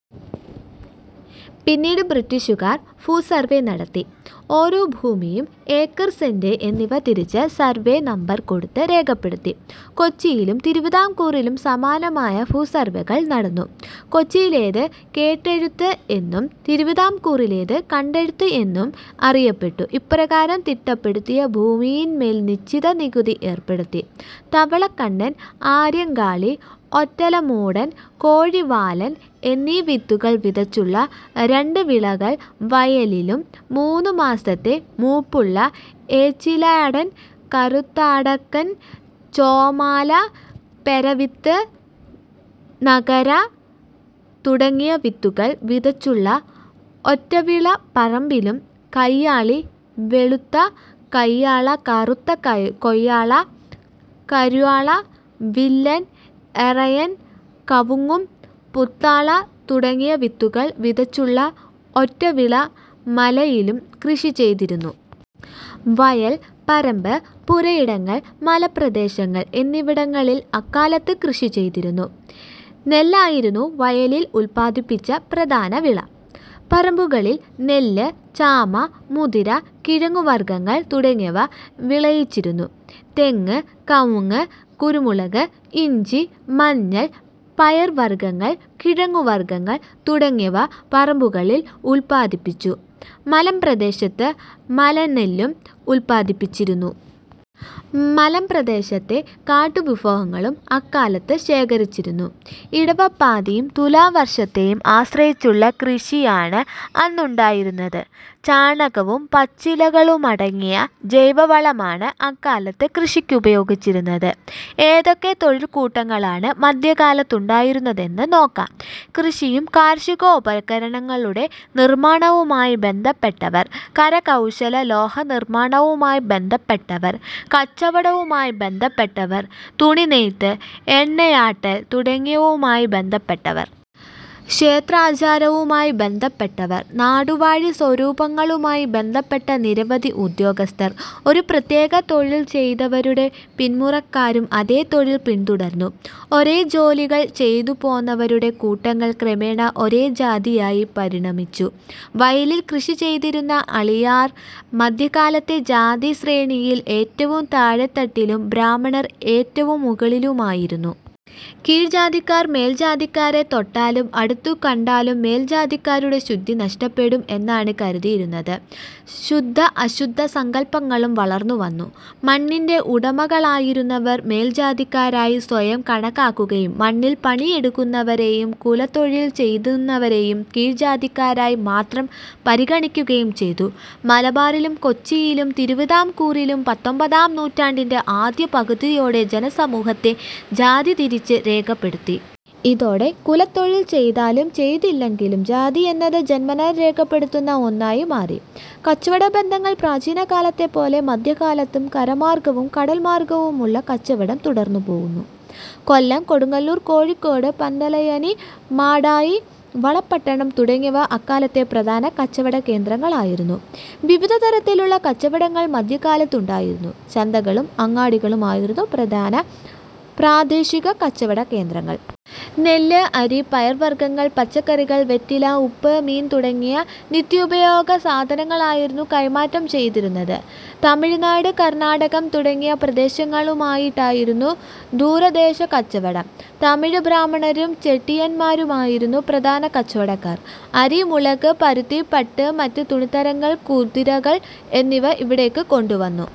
പിന്നീട് ബ്രിട്ടീഷുകാർ ഭൂസർവേ നടത്തി ഓരോ ഭൂമിയും ഏക്കർ, സെന്റ് എന്നിവ തിരിച്ച് സർവേ നമ്പർ കൊടുത്ത് രേഖപ്പെടുത്തി. കൊച്ചിയിലും തിരുവിതാംകൂറിലും സമാനമായ ഭൂസർവേകൾ നടന്നു. കൊച്ചിയിലേത് കേട്ടെഴുത്ത് എന്നും തിരുവിതാംകൂറിലേത് കണ്ടെഴുത്ത് എന്നും അറിയപ്പെട്ടു. ഇപ്രകാരം തിട്ടപ്പെടുത്തിയ ഭൂമിയിൻമേൽ നിശ്ചിത നികുതി ഏർപ്പെടുത്തി. തവളക്കണ്ണൻ, ആര്യങ്കാളി, ഒറ്റലമൂടൻ, കോഴിവാലൻ എന്നീ വിത്തുകൾ വിതച്ചുള്ള രണ്ട് വിളകൾ വയലിലും മൂന്നു മാസത്തെ മൂപ്പുള്ള ഏച്ചിലാടൻ, കറുത്തടക്കൻ, ചോമാല, പെരവിത്ത്, നകര തുടങ്ങിയ വിത്തുകൾ വിതച്ചുള്ള ഒറ്റവിള പറമ്പിലും കയ്യാളി, വെളുത്ത കയ്യാള കറുത്ത കൊയ്യാള, കര്വാള, വില്ലൻ, എറയൻ, കവുങ്ങും പുത്താള തുടങ്ങിയ വിത്തുകൾ വിതച്ചുള്ള ഒറ്റവിള മലയിലും കൃഷിചെയ്തിരുന്നു. വയൽ, പറമ്പ്, പുരയിടങ്ങൾ, മലമ്പ്രദേശങ്ങൾ എന്നിവിടങ്ങളിൽ അക്കാലത്ത് കൃഷിചെയ്തിരുന്നു. നെല്ലായിരുന്നു വയലിൽ ഉൽപ്പാദിപ്പിച്ച പ്രധാന വിള. പറമ്പുകളിൽ നെല്ല്, ചാമ, മുതിര, കിഴങ്ങു വർഗങ്ങൾ തുടങ്ങിയവ വിളയിച്ചിരുന്നു. തെങ്ങ്, കമുങ്, കുരുമുളക്, ഇഞ്ചി, മഞ്ഞൾ, പയർവർഗങ്ങൾ, കിഴങ്ങുവർഗങ്ങൾ തുടങ്ങിയവ പറമ്പുകളിൽ ഉൽപ്പാദിപ്പിച്ചു. മലമ്പ്രദേശത്ത് മലനെല്ലും ഉൽപാദിപ്പിച്ചിരുന്നു. മലമ്പ്രദേശത്തെ കാട്ടു വിഭവങ്ങളും അക്കാലത്ത് ശേഖരിച്ചിരുന്നു. ഇടവപ്പാതിയും തുലാവർഷത്തെയും ആശ്രയിച്ചുള്ള കൃഷിയാണ് അന്നുണ്ടായിരുന്നത്. ചാണകവും പച്ചിലകളുമടങ്ങിയ ജൈവ വളമാണ് അക്കാലത്ത് കൃഷിക്കുപയോഗിച്ചിരുന്നത്. ഏതൊക്കെ തൊഴിൽക്കൂട്ടങ്ങളാണ് മധ്യകാലത്തുണ്ടായിരുന്നതെന്ന് നോക്കാം. കൃഷിയും കാർഷികോപകരണങ്ങളുടെ നിർമാണവുമായി ബന്ധപ്പെട്ടവർ. കരകൗശല- ലോഹനിർമാണവുമായി ബന്ധപ്പെട്ടവർ. കച്ചവടവുമായി ബന്ധപ്പെട്ടവർ. തുണിനെയ്ത്ത്, എണ്ണയാട്ടൽ തുടങ്ങിയവുമായി ബന്ധപ്പെട്ടവർ. ക്ഷേത്രാചാരവുമായി ബന്ധപ്പെട്ടവർ. നാടുവാഴി സ്വരൂപങ്ങളുമായി ബന്ധപ്പെട്ട നിരവധി ഉദ്യോഗസ്ഥർ. ഒരു പ്രത്യേക തൊഴിൽ ചെയ്തവരുടെ പിന്മുറക്കാരും അതേ തൊഴിൽ പിന്തുടർന്നു. ഒരേ ജോലികൾ ചെയ്തുപോന്നവരുടെ കൂട്ടങ്ങൾ ക്രമേണ ഒരേ ജാതിയായി പരിണമിച്ചു. വയലിൽ കൃഷി ചെയ്തിരുന്ന അളി യാർ മധ്യകാലത്തെ ജാതിശ്രേണിയിൽ ഏറ്റവും താഴേത്തട്ടിലും ബ്രാഹ്മണർ ഏറ്റവും മുകളിലുമായിരുന്നു. കീഴ്ജാതിക്കാർ മേൽജാതിക്കാരെ തൊട്ടാലും അടുത്തു കണ്ടാലും മേൽജാതിക്കാരുടെ ശുദ്ധി നഷ്ടപ്പെടും എന്നാണ് കരുതിയിരുന്നത്. ശുദ്ധ അശുദ്ധ സങ്കൽപ്പങ്ങളും വളർന്നുവന്നു. മണ്ണിന്റെ ഉടമകളായിരുന്നവർ മേൽജാതിക്കാരായി സ്വയം കണക്കാക്കുകയും മണ്ണിൽ പണിയെടുക്കുന്നവരെയും കുലത്തൊഴിൽ ചെയ്തിരുന്നവരെയും കീഴ്ജാതിക്കാരായി മാത്രം പരിഗണിക്കുകയും ചെയ്തു. മലബാറിലും കൊച്ചിയിലും തിരുവിതാംകൂറിലും പത്തൊൻപതാം നൂറ്റാണ്ടിന്റെ ആദ്യ പകുതിയോടെ ജനസമൂഹത്തെ ജാതിതിരിച്ച് രേഖപ്പെടുത്തി. ഇതോടെ കുലത്തൊഴിൽ ചെയ്താലും ചെയ്തില്ലെങ്കിലും ജാതിയെന്നത് ജന്മനാൽ രേഖപ്പെടുത്തപ്പെടുന്ന ഒന്നായി മാറി. കച്ചവടബന്ധങ്ങൾ പ്രാചീനകാലത്തെപ്പോലെ മധ്യകാലത്തും കരമാർഗവും കടൽമാർഗവുമുള്ള കച്ചവടം തുടർന്നുപോന്നു. കൊല്ലം, കൊടുങ്ങല്ലൂർ, കോഴിക്കോട്, പന്തലായനി, മാടായി, വളപട്ടണം തുടങ്ങിയവ അക്കാലത്തെ പ്രധാന കച്ചവടകേന്ദ്രങ്ങളായിരുന്നു. വിവിധതരത്തിലുള്ള കച്ചവടങ്ങൾ മധ്യകാലത്ത് ഉണ്ടായിരുന്നു. ചന്തകളും അങ്ങാടികളും ആയിരുന്നു പ്രധാന പ്രാദേശിക കച്ചവടകേന്ദ്രങ്ങൾ. നെല്ല്, അരി, പയർവർഗങ്ങൾ, പച്ചക്കറികൾ, വെറ്റില, ഉപ്പ്, മീൻ തുടങ്ങിയ നിത്യോപയയോഗ സാധനങ്ങളായിരുന്നു കൈമാറ്റം ചെയ്തിരുന്നത്. തമിഴ് നാട്, കർണാടകം, തുടങ്ങിയ പ്രദേശങ്ങളുമായിട്ടായിരുന്നു ദൂരദേശ കച്ചവടം. തമിഴ് ബ്രാഹ്മണരും ചെട്ടിമാരുമായിരുന്നു പ്രധാന കച്ചവടക്കാർ. അരി, മുളക്, പരുത്തി, പട്ട്, മറ്റ് തുണിത്തരങ്ങൾ, കുതിരകൾ എന്നിവ ഇവിടേക്ക് കൊണ്ടു വന്നു.